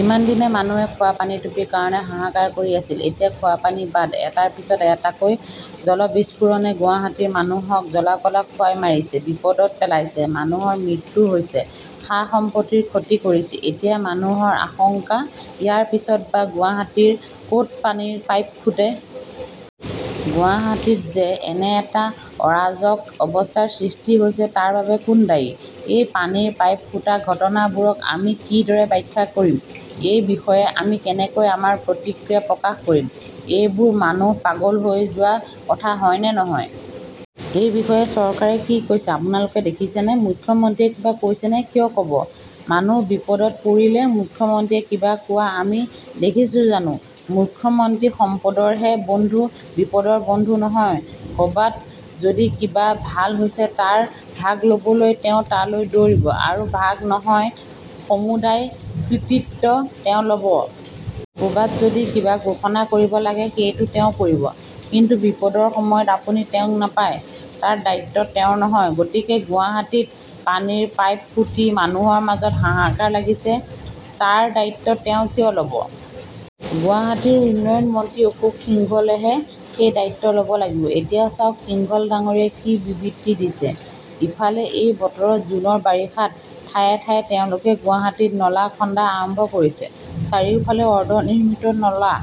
ইমানদিনে মানুহে খোৱা পানীটুপিৰ কাৰণে হাহাকাৰ কৰি আছিল। এতিয়া খোৱা পানী বাদ, এটাৰ পিছত এটাকৈ জল বিস্ফোৰণে গুৱাহাটীৰ মানুহক জ্বলা-কলা খুৱাই মাৰিছে, বিপদত পেলাইছে, মানুহৰ মৃত্যু হৈছে, সা-সম্পত্তিৰ ক্ষতি কৰিছে। এতিয়া মানুহৰ আশংকা ইয়াৰ পিছত বা গুৱাহাটীৰ ক'ত পানীৰ পাইপ ফুটে। গুৱাহাটীত যে এনে এটা অৰাজক অৱস্থাৰ সৃষ্টি হৈছে তাৰ বাবে কোন দায়ী? এই পানীৰ পাইপ ফুটা ঘটনাবোৰক আমি কি দৰে ব্যাখ্যা কৰিম? এই বিষয়ে আমি কেনেকৈ আমাৰ প্ৰতিক্ৰিয়া প্ৰকাশ কৰিম? এইবোৰ মানুহ পাগল হৈ যোৱা কথা হয়নে নহয়? এই বিষয়ে চৰকাৰে কি কৈছে আপোনালোকে দেখিছেনে? মুখ্যমন্ত্ৰীয়ে কিবা কৈছেনে? কিয় ক'ব? মানুহ বিপদত পৰিলে মুখ্যমন্ত্ৰীয়ে কিবা কোৱা আমি দেখিছোঁ জানো? মুখ্যমন্ত্ৰী সম্পদৰহে বন্ধু, বিপদৰ বন্ধু নহয়। ক'বাত যদি কিবা ভাল হৈছে তাৰ ভাগ ল'বলৈহে তেওঁ তালৈ দৌৰিব, আৰু ভাগ নহয়, সমুদায় কৃতিত্ব তেওঁ ল'ব। ক'বাত যদি কিবা ঘোষণা কৰিব লাগে সেইটো তেওঁ কৰিব। কিন্তু বিপদৰ সময়ত আপুনি তেওঁক নাপায়, তাৰ দায়িত্ব তেওঁৰ নহয়। গতিকে গুৱাহাটীত পানীৰ পাইপ ফুটি মানুহৰ মাজত হাহাকাৰ লাগিছে, তাৰ দায়িত্ব তেওঁ কিয় ল'ব? গুৱাহাটীৰ উন্নয়ন মন্ত্ৰী অশোক সিংহলেহে সেই দায়িত্ব ল'ব লাগিব। এতিয়া চাওক সিংহল ডাঙৰীয়াই কি বিবৃতি দিছে। ইফালে এই বতৰত জুনৰ বাৰিষাত ঠায়ে ঠায়ে তেওঁলোকে গুৱাহাটীত নলা খন্দা আৰম্ভ কৰিছে, চাৰিওফালে অৰ্ধ নিৰ্মিত নলা,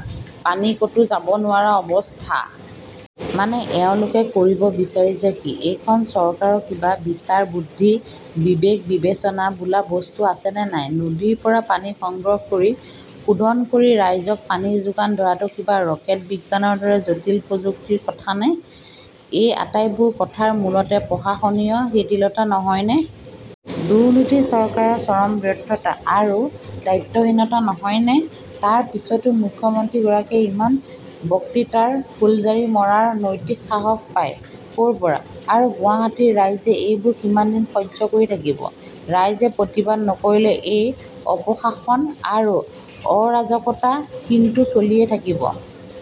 পানী ক'তো যাব নোৱাৰা অৱস্থা। মানে এওঁলোকে কৰিব বিচাৰিছে কি? এইখন চৰকাৰৰ কিবা বিচাৰ-বুদ্ধি, বিবেক-বিবেচনা বোলা বস্তু আছেনে নাই? নদীৰ পৰা পানী সংগ্ৰহ কৰি শোধন কৰি ৰাইজক পানী যোগান ধৰাটো কিবা ৰকেট বিজ্ঞানৰ দৰে জটিল প্ৰযুক্তিৰ কথানে? এই আটাইবোৰ কথাৰ মূলতে প্ৰশাসনীয় শিথিলতা নহয়নে? দুৰ্নীতি, চৰকাৰৰ চৰম ব্যৰ্থতা আৰু দায়িত্বহীনতা নহয়নে? তাৰ পিছতো মুখ্যমন্ত্ৰী গৰাকীয়ে ইমান বক্তৃতাৰ ফুলজাৰী মৰাৰ নৈতিক সাহস পায় ক'ৰপৰা? আৰু গুৱাহাটীৰ ৰাইজে এইবোৰ কিমান দিন সহ্য কৰি থাকিব? ৰাইজে প্ৰতিবাদ নকৰিলে এই অপশাসন আৰু অৰাজকতা কিন্তু চলিয়ে থাকিব।